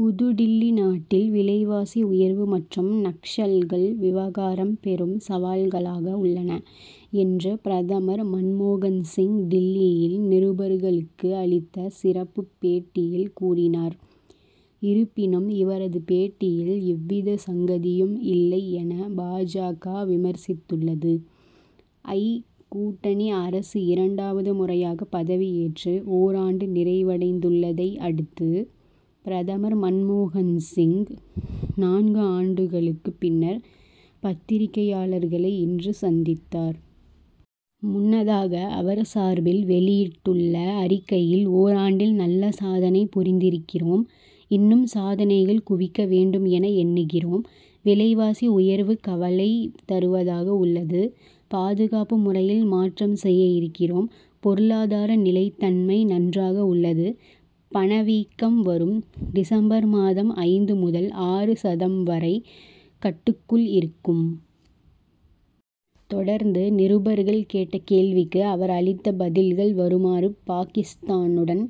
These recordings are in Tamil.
புதுடில்லி நாட்டில் விலைவாசி உயர்வு மற்றும் நக்சல்கள் விவகாரம் பெரும் சவால்களாக உள்ளன என்று பிரதமர் மன்மோகன்சிங் டில்லியில் நிருபர்களுக்கு அளித்த சிறப்பு பேட்டியில் கூறினார். இருப்பினும் இவரது பேட்டியில் எவ்வித சங்கதியும் இல்லை என பா. ஜ.க.விமர்சித்துள்ளது. ஐ. கூட்டணி அரசு இரண்டாவது முறையாக பதவியேற்று ஓராண்டு நிறைவடைந்துள்ளதை அடுத்து, பிரதமர் மன்மோகன் சிங், நான்கு ஆண்டுகளுக்கு பின்னர் பத்திரிகையாளர்களை இன்று சந்தித்தார். முன்னதாக அவர் சார்பில் வெளியிட்டுள்ள அறிக்கையில் ஓராண்டில் நல்ல சாதனை புரிந்திருக்கிறோம். இன்னும் சாதனைகள் குவிக்க வேண்டும் என எண்ணுகிறோம். விலைவாசி உயர்வு கவலை தருவதாக உள்ளது. பாதுகாப்பு முறையில் மாற்றம் செய்ய இருக்கிறோம். பொருளாதார நிலைத்தன்மை நன்றாக உள்ளது. பணவீக்கம் வரும் டிசம்பர் மாதம் ஐந்து முதல் ஆறு சதம் வரை கட்டுக்குள் இருக்கும். தொடர்ந்து நிருபர்கள் கேட்ட கேள்விக்கு அவர் அளித்த பதில்கள் வருமாறு பாகிஸ்தானுடன்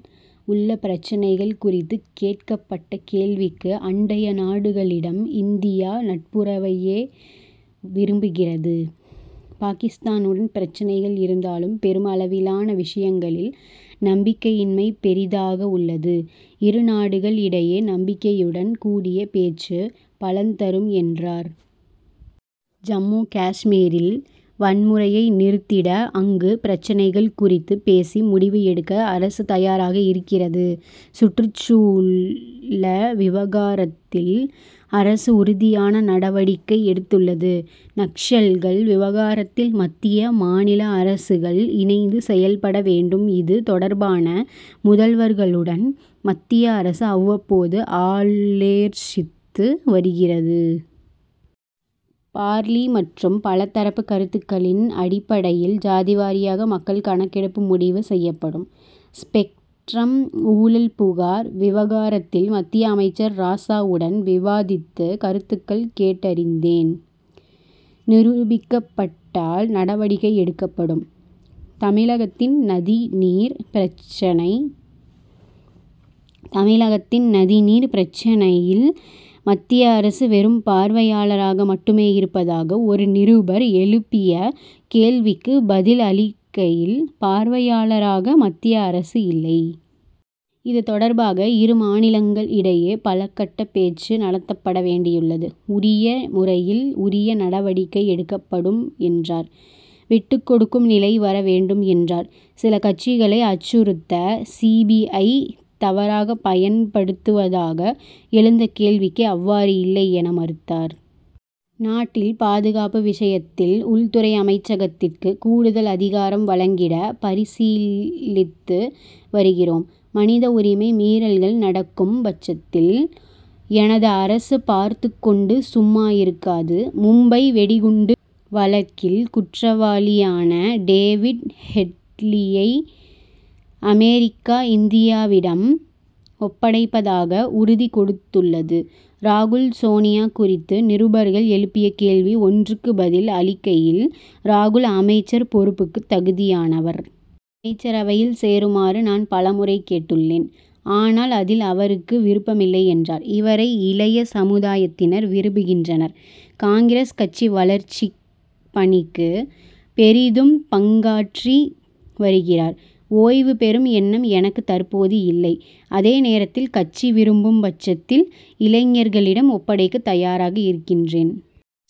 உள்ள பிரச்னைகள் குறித்து கேட்கப்பட்ட கேள்விக்கு அண்டைய நாடுகளிடம் இந்தியா நட்புறவையே விரும்புகிறது. பாகிஸ்தானுடன் பிரச்னைகள் இருந்தாலும் பெரும் அளவிலான விஷயங்களில் நம்பிக்கையின்மை பெரிதாக உள்ளது. இரு நாடுகள் இடையே நம்பி்கையுடன் கூடிய பேச்சு பலன் தரும் என்றார். ஜம்மு காஷ்மீரில் வன்முறையை நிறுத்திட அங்கு பிரச்னைகள் குறித்து பேசி முடிவு எடுக்க அரசு தயாராக இருக்கிறது. சுற்றுச்சூழ்ல விவகாரத்தில் அரசு உறுதியான நடவடிக்கை எடுத்துள்ளது. நக்சல்கள் விவகாரத்தில் மத்திய, மாநில அரசுகள் இணைந்து செயல்பட வேண்டும். இது தொடர்பான முதல்வர்களுடன் மத்திய அரசு அவ்வப்போது ஆலோ்சித்து வருகிறது. பார்லி., மற்றும் பல தரப்பு கருத்துக்களின் அடிப்டையில் ஜாதிவாரியாக மக்கள் கணக்கெடுப்பு முடிவு செய்யப்படும். ஸ்பெக்ட்ரம் ஊழல் புகார் விவகாரத்தில் மத்திய அமைச்சர் ராசாவுடன் விவாதித்து கருத்துக்கள் கேட்டறிந்தேன். நிரூபிக்கப்பட்டால் நடவடிக்கை எடுக்கப்படும். தமிழகத்தின் நதி நீர் பிரச்னை தமிழகத்தின் நதி நீர் பிரச்னையில் மத்திய அரசு வெறும் பார்வையாளராக மட்டுமே இருப்பதாக ஒரு நிருபர் எழுப்பிய கேள்விக்கு பதில் அளிக்கையில் பார்வையாளராக மத்திய அரசு இல்லை. இது தொடர்பாக இரு மாநிலங்கள் இடையே பலக்கட்ட பேச்சு நடத்தப்பட வேண்டியுள்ளது. உரிய முறையில் உரிய நடவடிக்கை எடுக்கப்படும் என்றார். விட்டுக்கொடுக்கும் நிலை வர வேண்டும் என்றார். சில கட்சிகளை அச்சுறுத்த சி. பி. ஐ., தவறாக பயன்படுத்துவதாக எழுந்த கேள்விக்கு அவ்வாறு இல்லை என மறுத்தார். நாட்டில் பாதுகாப்பு விஷயத்தில் உள்துறை அமைச்சகத்திற்கு கூடுதல் அதிகாரம் வழங்கிட பரிசீலித்து வருகிறோம். மனித உரிமை மீறல்கள் நடக்கும் படச்த்தில் எனது அரசு பார்த்துக்கொண்டு சும்மா இருக்காது. மும்பை வெடிகுண்டு வழக்கில் குற்றவாளியான டேவிட் ஹெட்லியை அமெரிக்கா இந்தியாவிடம் ஒப்படைப்பதாக உறுதி கொடுத்துள்ளது. ராகுல் சோனியா குறித்து நிருபர்கள் எழுப்பிய கேள்வி ஒன்றுக்கு பதில் அளிக்கையில் ராகுல் அமைச்சர் பொறுப்புக்கு தகுதியானவர். அமைச்சரவையில் சேருமாறு நான் பலமுறை கேட்டுள்ளேன் ஆனால் அதில் அவருக்கு விருப்பமில்லை என்றார். இவரை இளைய சமுதாயத்தினர் விரும்புகின்றனர். காங்கிரஸ் கட்சி வளர்ச்சி பணிக்கு பெரிதும் பங்காற்றி வருகிறார். ஓய்வு பெறும் எண்ணம் எனக்கு தற்போது இல்லை. அதே நேரத்தில் கட்சி விரும்பும் பட்சத்தில் இளைஞர்களிடம் ஒப்படைக்க தயாராக இருக்கின்றேன்.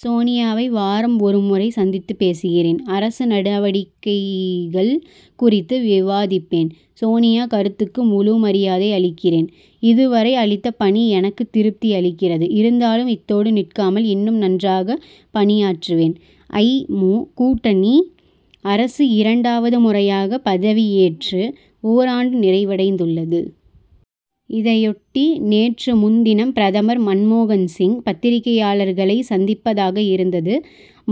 சோனியாவை வாரம் ஒரு முறை சந்தித்து பேசுகிறேன். அரசு நடவடிக்கைகள் குறித்து விவாதிப்பேன். சோனியா கருத்துக்கு முழு மரியாதை அளிக்கிறேன். இது வரை அளித்த பணி எனக்கு திருப்தி அளிக்கிறது. இருந்தாலும் இத்தோடு நிற்காமல் இன்னும் நன்றாக பணியாற்றுவேன். ஐ. மு., கூட்டணி அரசு இரண்டாவது முறையாக பதவியேற்று ஓராண்டு நிறைவடைந்துள்ளது. இதையொட்டி, நேற்று முன்தினம் பிரதமர் மன்மோகன் சிங், பத்திரிகையாளர்களை சந்திப்பதாக இருந்தது.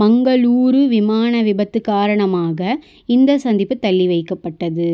மங்களூரு விமான விபத்து காரணமாக, இந்த சந்திப்பு தள்ளி வைக்கப்பட்டது.